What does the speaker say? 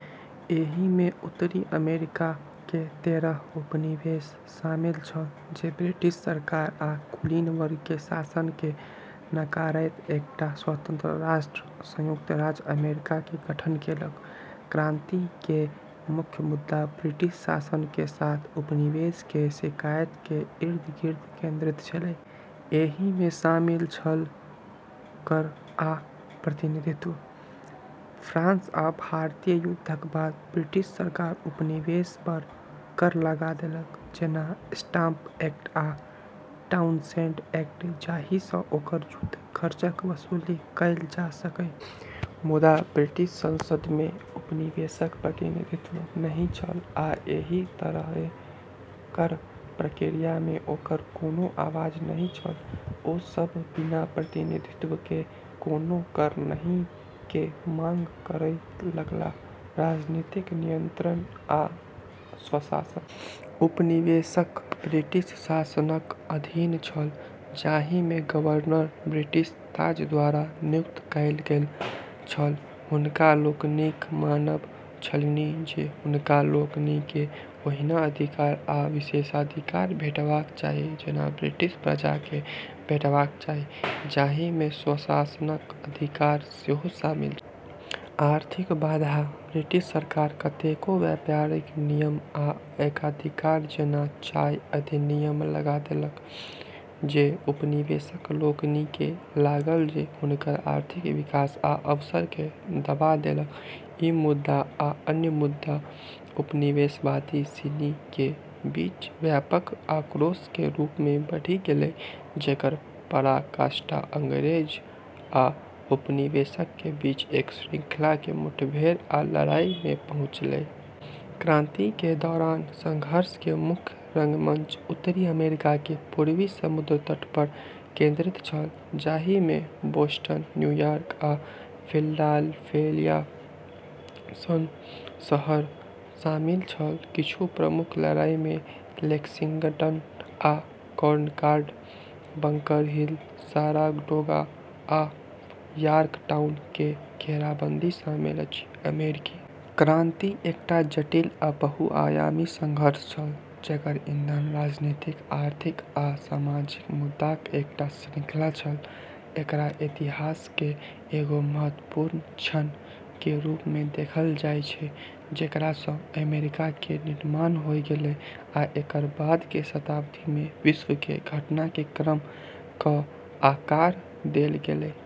एहि मे उत्तरी अमेरिका के तेरह उपनिवेश शामिल छल, जे ब्रिटिश सरकार आ कुलीन वर्ग के शासन के नकारैत एकटा स्वतंत्र राष्ट्र संयुक्त राज्य अमेरिका के गठन केलक। क्रांति केर मुख्य मुद्दा ब्रिटिश शासन के साथ उपनिवेश के शिकायत के इर्द-गिर्द केंद्रित छेलै। एहि मे शामिल छल: कर आ प्रतिनिधित्व। फ्रांस आ भारतीय युद्धक बाद ब्रिटिश सरकार उपनिवेश पर कर लगा देलक, जेना स्टाम्प एक्ट आ टाउनशेंड एक्ट जाहि सँ ओकर युद्ध खर्चक वसूली कयल जा सकय। मुदा, ब्रिटिश संसद मे उपनिवेशक प्रतिनिधित्व नहि छल आ एहि तरहें कर प्रक्रिया मे ओकर कोनो आवाज नहि छल। ओ सब "बिना प्रतिनिधित्व के कोनो कर नहि" के मांग करय लगलाह। राजनीतिक नियंत्रण आ स्वशासन। उपनिवेशक ब्रिटिश शासनक अधीन छल, जाहि मे गवर्नर ब्रिटिश ताज द्वारा नियुक्त कयल गेल छल। हुनका लोकनिक मानब छलनि जे हुनका लोकनि केँ ओहिना अधिकार आ विशेषाधिकार भेटबाक चाही जेना ब्रिटिश प्रजा केँ भेटबाक चाही, जाहि मे स्वशासनक अधिकार सेहो शामिल छल। आर्थिक बाधा। ब्रिटिश सरकार कतेको व्यापारिक नियम आ एकाधिकार जेना चाय अधिनियम लगा देलक जे उपनिवेशक लोकनि केँ लागल जे हुनकर आर्थिक विकास आ अवसर केँ दबा देलक। ई मुद्दा आ अन्य मुद्दा उपनिवेशवादी सिनी के बीच व्यापक आक्रोश के रूप मे बढ़ी गेलै, जेकर पराकाष्ठा अंग्रेज आ उपनिवेशक के बीच एक श्रृंखला के मुठभेड़ आ लड़ाई मे पहुँचलै। क्रांति के दौरान संघर्ष के मुख्य रंगमंच उत्तरी अमेरिका के पूर्वी समुद्र तट पर केंद्रित छल, जाहि मे बोस्टन, न्यूयॉर्क, आ फिलाडेल्फिया सन शहर शामिल छल। किछु प्रमुख लड़ाई मे लेक्सिंगटन आ कॉनकॉर्ड, बंकर हिल, साराटोगा, आ यॉर्कटाउन के घेराबंदी शामिल अछि। अमेरिकी क्रांति एकटा जटिल आ बहुआयामी संघर्ष छल, जकर ईंधन राजनीतिक, आर्थिक आ सामाजिक मुद्दाक एकटा श्रृंखला छल। एकरा इतिहास केर एगो महत्वपूर्ण क्षण के रूप मे देखल जाय छै, जेकरा सँ अमेरिका केर निर्माण होय गेलै आ एकर बाद के शताब्दी मे विश्व केर घटना के क्रम क आकार देल गेलै।